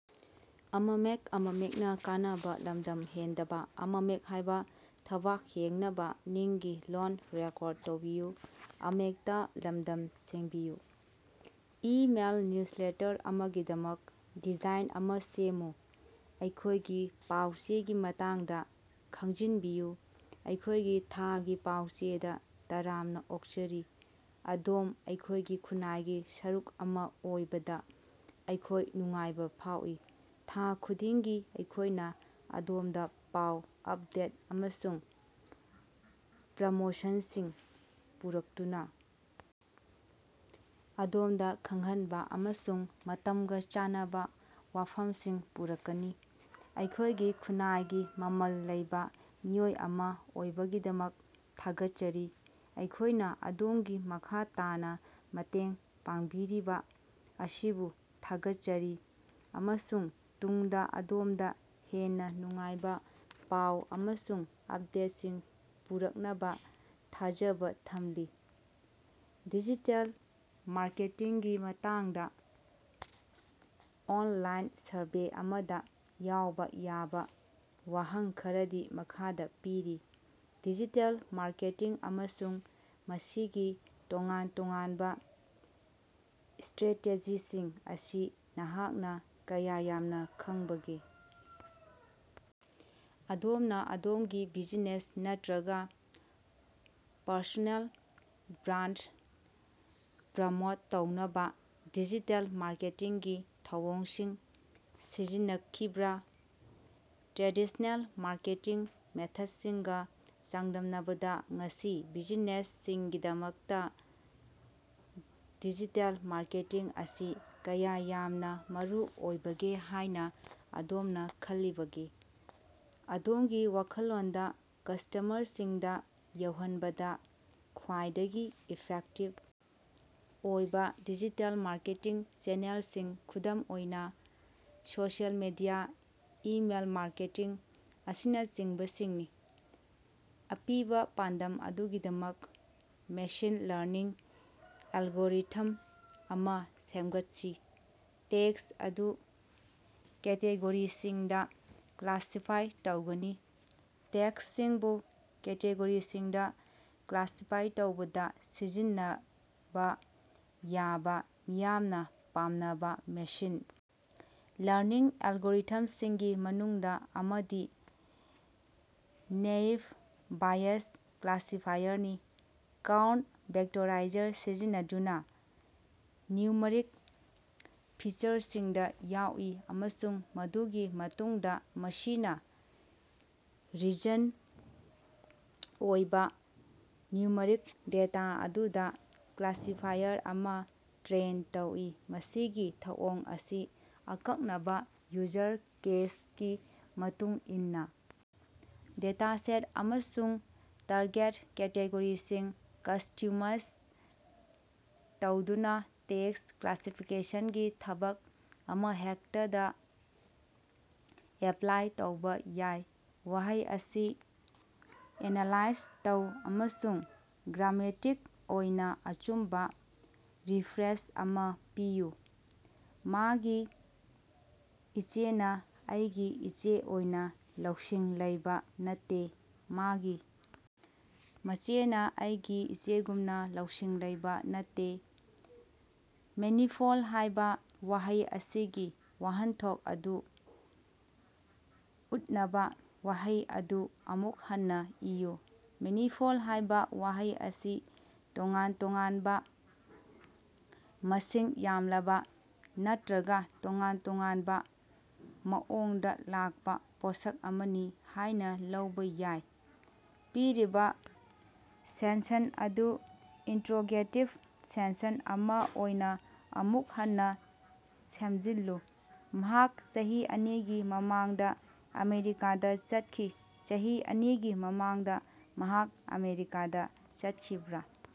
Email newsletter ꯑꯃꯒꯤꯗꯃꯛ design ꯑꯃꯥ ꯁꯦꯝꯃꯨ꯫ ꯑꯩꯈꯣꯏꯒꯤ ꯄꯥꯎ-ꯆꯦꯒꯤ ꯃꯇꯥꯡꯗꯥ ꯈꯪꯖꯤꯟꯕꯤꯌꯨ꯫ ꯑꯩꯈꯣꯏꯒꯤ ꯊꯥꯒꯤ ꯄꯥꯎꯆꯦꯗꯥ ꯇꯔꯥꯝꯅꯥ ꯑꯣꯛꯆꯔꯤ꯫ ꯑꯗꯣꯝ ꯑꯩꯈꯣꯏꯒꯤ ꯈꯨꯟꯅꯥꯏꯒꯤ ꯁꯔꯨꯛ ꯑꯃꯥ ꯑꯣꯏꯕꯗꯥ ꯑꯩꯈꯣꯏ ꯅꯨꯡꯉꯥꯏꯕꯥ ꯐꯥꯎꯏ꯫ ꯊꯥ ꯈꯨꯗꯤꯡꯒꯤ ꯑꯩꯈꯣꯏꯅꯥ ꯑꯗꯣꯝꯗꯥ ꯄꯥꯎ, ꯑꯞꯗꯦꯠ ꯑꯃꯁꯨꯡ ꯄ꯭ꯔꯃꯣꯁꯟꯁꯤꯡ ꯄꯨꯔꯛꯇꯨꯅꯥ ꯑꯗꯣꯝꯗꯥ ꯈꯪꯍꯟꯕꯥ ꯑꯃꯁꯨꯡ ꯃꯇꯝꯒꯥ ꯆꯥꯟꯅꯕꯥ ꯋꯥꯐꯝꯁꯤꯡ ꯄꯨꯔꯛꯀꯅꯤ꯫ ꯑꯩꯈꯣꯏꯒꯤ ꯈꯨꯟꯅꯥꯏꯒꯤ ꯃꯃꯜ ꯂꯩꯕꯥ ꯃꯤꯑꯣꯏ ꯑꯃꯥ ꯑꯣꯏꯕꯒꯤꯗꯃꯛ ꯊꯥꯒꯠꯆꯔꯤ꯫ ꯑꯩꯈꯣꯏꯅꯥ ꯑꯗꯣꯝꯒꯤ ꯃꯈꯥ ꯇꯥꯅꯥ ꯃꯇꯦꯡ ꯄꯥꯡꯕꯤꯔꯤꯕꯥ ꯑꯁꯤꯕꯨ ꯊꯥꯒꯠꯆꯔꯤ ꯑꯃꯁꯨꯡ ꯇꯨꯡꯗꯥ ꯑꯗꯣꯝꯗꯥ ꯍꯦꯟꯅꯥ ꯅꯨꯡꯉꯥꯏꯕꯥ ꯄꯥꯎ ꯑꯃꯁꯨꯡ ꯑꯞꯗꯦꯠꯁꯤꯡ ꯄꯨꯔꯛꯅꯕꯥ ꯊꯥꯖꯕꯥ ꯊꯝꯂꯤ꯫ ꯗꯤꯖꯤꯇꯦꯜ ꯃꯥꯔꯀꯦꯇꯤꯡꯒꯤ ꯃꯇꯥꯡꯗꯥ ꯑꯣꯟꯂꯥꯏꯟ ꯁꯔꯚꯦ ꯑꯃꯗꯥ ꯌꯥꯎꯕꯥ ꯌꯥꯕꯥ ꯋꯥꯍꯪ ꯈꯔꯗꯤ ꯃꯈꯥꯗꯥ ꯄꯤꯔꯤ: ꯗꯤꯖꯤꯇꯦꯜ ꯃꯥꯔꯀꯦꯇꯤꯡ ꯑꯃꯁꯨꯡ ꯃꯁꯤꯒꯤ ꯇꯣꯉꯥꯟ-ꯇꯣꯉꯥꯟꯕꯥ ꯏꯁꯇ꯭ꯔꯦꯇꯦꯖꯤꯁꯤꯡ ꯑꯁꯤ ꯅꯍꯥꯛꯅꯥ ꯀꯌꯥ ꯌꯥꯝꯅꯥ ꯈꯪꯕꯒꯦ? ꯑꯗꯣꯝꯅꯥ ꯑꯗꯣꯝꯒꯤ ꯕꯤꯖꯤꯅꯦꯁ ꯅꯠꯇ꯭ꯔꯒꯥ ꯄꯔꯁꯣꯅꯦꯜ ꯕ꯭ꯔꯥꯟ ꯄ꯭ꯔꯃꯣꯠ ꯇꯧꯅꯕꯥ ꯗꯤꯖꯤꯇꯦꯜ ꯃꯥꯔꯀꯦꯇꯤꯡꯒꯤ ꯊꯧꯑꯣꯡꯁꯤꯡ ꯁꯤꯖꯤꯟꯅꯈꯤꯕ꯭ꯔꯥ? ꯇ꯭ꯔꯦꯗꯤꯁꯅꯦꯜ ꯃꯥꯔꯀꯦꯇꯤꯡ ꯃꯦꯊꯠꯁꯤꯡꯒꯥ ꯆꯥꯡꯗꯝꯅꯕꯗꯥ ꯉꯁꯤ ꯕꯤꯖꯤꯅꯦꯁꯁꯤꯡꯒꯤꯗꯃꯛꯇꯥ ꯗꯤꯖꯤꯇꯦꯜ ꯃꯥꯔꯀꯦꯇꯤꯡ ꯑꯁꯤ ꯀꯌꯥ ꯌꯥꯝꯅꯥ ꯃꯔꯨꯑꯣꯏꯕꯒꯦ ꯍꯥꯏꯅꯥ ꯑꯗꯣꯝꯅꯥ ꯈꯜꯂꯤꯕꯒꯦ? ꯑꯗꯣꯝꯒꯤ ꯋꯥꯈꯜꯂꯣꯟꯗꯥ ꯀꯁ꯭ꯇꯃꯔꯁꯤꯡꯗꯥ ꯌꯧꯍꯟꯕꯗꯥ ꯈ꯭ꯋꯥꯏꯗꯒꯤ ꯏꯐꯦꯛꯇꯤꯕ ꯑꯣꯏꯕꯥ ꯗꯤꯖꯤꯇꯦꯜ ꯃꯥꯔꯀꯦꯇꯤꯡ ꯆꯦꯅꯦꯜꯁꯤꯡ ꯈꯨꯗꯝ ꯑꯣꯏꯅꯥ ꯁꯣꯁꯤꯑꯦꯜ ꯃꯤꯗꯤꯌꯥ, ꯏꯃꯦꯜ ꯃꯥꯔꯀꯦꯇꯤꯡ ꯑꯁꯤꯅꯆꯤꯡꯕꯁꯤꯡꯅꯤ꯫ ꯑꯄꯤꯕꯥ ꯄꯥꯟꯗꯝ ꯑꯗꯨꯒꯤꯗꯃꯛ ꯃꯦꯁꯤꯟ ꯂꯔꯅꯤꯡ ꯑꯦꯜꯒꯣꯔꯤꯊꯝ ꯑꯃꯥ ꯁꯦꯃꯒꯠꯁꯤ꯫ ꯇꯦꯛꯁ ꯑꯗꯨ ꯀꯦꯇꯦꯒꯣꯔꯤꯁꯤꯡꯗꯥ ꯀ꯭ꯂꯥꯁꯤꯐꯥꯏ ꯇꯧꯒꯅꯤ꯫ ꯇꯦꯛꯁꯁꯤꯡꯕꯨ ꯀꯦꯇꯦꯒꯣꯔꯤꯁꯤꯡꯗꯥ ꯀ꯭ꯂꯥꯁꯤꯐꯥꯏ ꯇꯧꯕꯗꯥ ꯁꯤꯖꯤꯟꯅꯕꯥ ꯌꯥꯕꯥ ꯃꯤꯌꯥꯝꯅꯥ ꯄꯥꯝꯅꯕꯥ ꯃꯦꯁꯤꯟ ꯂꯔꯅꯤꯡ ꯑꯦꯜꯒꯣꯔꯤꯊꯝꯁꯤꯡꯒꯤ ꯃꯅꯨꯡꯗꯥ ꯑꯃꯗꯤ ꯅꯦꯏꯞ ꯕꯥꯏꯌꯁ ꯀ꯭ꯂꯥꯁꯤꯐꯥꯏꯌꯔꯅꯤ꯫ ꯀꯥꯎꯟ-ꯚꯦꯛꯇꯣꯔꯥꯏꯖꯔ ꯁꯤꯖꯤꯟꯅꯗꯨꯅꯥ ꯅ꯭ꯌꯨꯃꯔꯤꯛ ꯐꯤꯆꯔꯁꯤꯡꯗꯥ ꯌꯥꯎꯏ ꯑꯃꯁꯨꯡ ꯃꯗꯨꯒꯤ ꯃꯇꯨꯡꯗꯥ ꯃꯁꯤꯅꯥ ꯔꯤꯖꯜ ꯑꯣꯏꯕꯥ ꯅ꯭ꯌꯨꯃꯔꯤꯛ ꯗꯦꯇꯥ ꯑꯗꯨꯗꯥ ꯀ꯭ꯂꯥꯁꯤꯐꯥꯏꯌꯔ ꯑꯃꯥ ꯇ꯭ꯔꯦꯟ ꯇꯧꯏ꯫ ꯃꯁꯤꯒꯤ ꯊꯧꯑꯣꯡ ꯑꯁꯤ ꯑꯀꯛꯅꯕꯥ ꯌꯨꯖꯔ ꯀꯦꯁꯀꯤ ꯃꯇꯨꯡ ꯏꯟꯅꯥ ꯗꯦꯇꯥꯁꯦꯠ ꯑꯃꯁꯨꯡ ꯇꯥꯔꯒꯦꯠ ꯀꯦꯇꯦꯒꯣꯔꯤꯁꯤꯡ ꯀꯁꯇ꯭ꯌꯨꯝꯁ ꯇꯧꯗꯨꯅꯥ ꯇꯦꯛꯁ ꯀ꯭ꯂꯥꯁꯤꯐꯤꯀꯦꯁꯟꯒꯤ ꯊꯕꯛ ꯑꯃꯍꯦꯛꯇꯗꯥ ꯑꯦꯄ꯭ꯂꯥꯏ ꯇꯧꯕꯥ ꯌꯥꯏ꯫ ꯋꯥꯍꯩ ꯑꯁꯤ ꯑꯦꯅꯥꯂꯥꯏꯖ ꯇꯧ ꯑꯃꯁꯨꯡ ꯒ꯭ꯔꯥꯃꯦꯇꯤꯛ ꯑꯣꯏꯅꯥ ꯑꯆꯨꯝꯕꯥ ꯔꯤꯐ꯭ꯔꯦꯖ ꯑꯃꯥ ꯄꯤꯌꯨ꯫ ꯃꯥꯒꯤ ꯏꯆꯦꯅꯥ ꯑꯩꯒꯤ ꯏꯆꯦ ꯑꯣꯏꯅꯥ ꯂꯧꯁꯤꯡ ꯂꯩꯕꯥ ꯅꯠꯇꯦ꯫ ꯃꯥꯒꯤ ꯃꯆꯦꯅꯥ ꯑꯩꯒꯤ ꯏꯆꯦꯒꯨꯝꯅꯥ ꯂꯧꯁꯤꯡ ꯂꯩꯕꯥ ꯅꯠꯇꯦ꯫ ꯃꯦꯅꯤꯐꯣꯜ ꯍꯥꯏꯕꯥ ꯋꯥꯍꯩ ꯑꯁꯤꯒꯤ ꯋꯥꯍꯟꯊꯣꯛ ꯑꯗꯨ ꯎꯠꯅꯕꯥ ꯋꯥꯍꯩ ꯑꯗꯨ ꯑꯃꯨꯛ ꯍꯟꯅꯥ ꯏꯌꯨ꯫ ꯃꯦꯅꯤꯐꯣꯜ ꯍꯥꯏꯕꯥ ꯋꯥꯍꯩ ꯑꯁꯤ ꯇꯣꯉꯥꯟ-ꯇꯣꯉꯥꯟꯕꯥ, ꯃꯁꯤꯡ ꯌꯥꯝꯂꯕꯥ ꯅꯠꯇ꯭ꯔꯒꯥ ꯇꯣꯉꯥꯟ-ꯇꯣꯉꯥꯟꯕꯥ ꯃꯑꯣꯡꯗꯥ ꯂꯥꯛꯄꯥ ꯄꯣꯠꯁꯛ ꯑꯃꯅꯤ ꯍꯥꯏꯅꯥ ꯂꯧꯕꯥ ꯌꯥꯏ꯫ ꯄꯤꯔꯤꯕꯥ ꯁꯦꯟꯁꯟ ꯑꯗꯨ ꯏꯟꯇ꯭ꯔꯣꯒꯦꯇꯤꯚ ꯁꯦꯟꯁꯟ ꯑꯃꯥ ꯑꯣꯏꯅꯥ ꯑꯃꯨꯛ ꯍꯟꯅꯥ ꯁꯦꯝꯖꯤꯜꯂꯨ꯫ ꯃꯍꯥꯛ ꯆꯍꯤ ꯑꯅꯤꯒꯤ ꯃꯃꯥꯡꯗꯥ ꯑꯃꯦꯔꯤꯀꯥꯗꯥ ꯆꯠꯈꯤ꯫ ꯆꯍꯤ ꯑꯅꯤꯒꯤ ꯃꯃꯥꯡꯗꯥ ꯃꯍꯥꯛ ꯑꯃꯦꯔꯤꯀꯥꯗꯥ ꯆꯠꯈꯤꯕ꯭ꯔꯥ?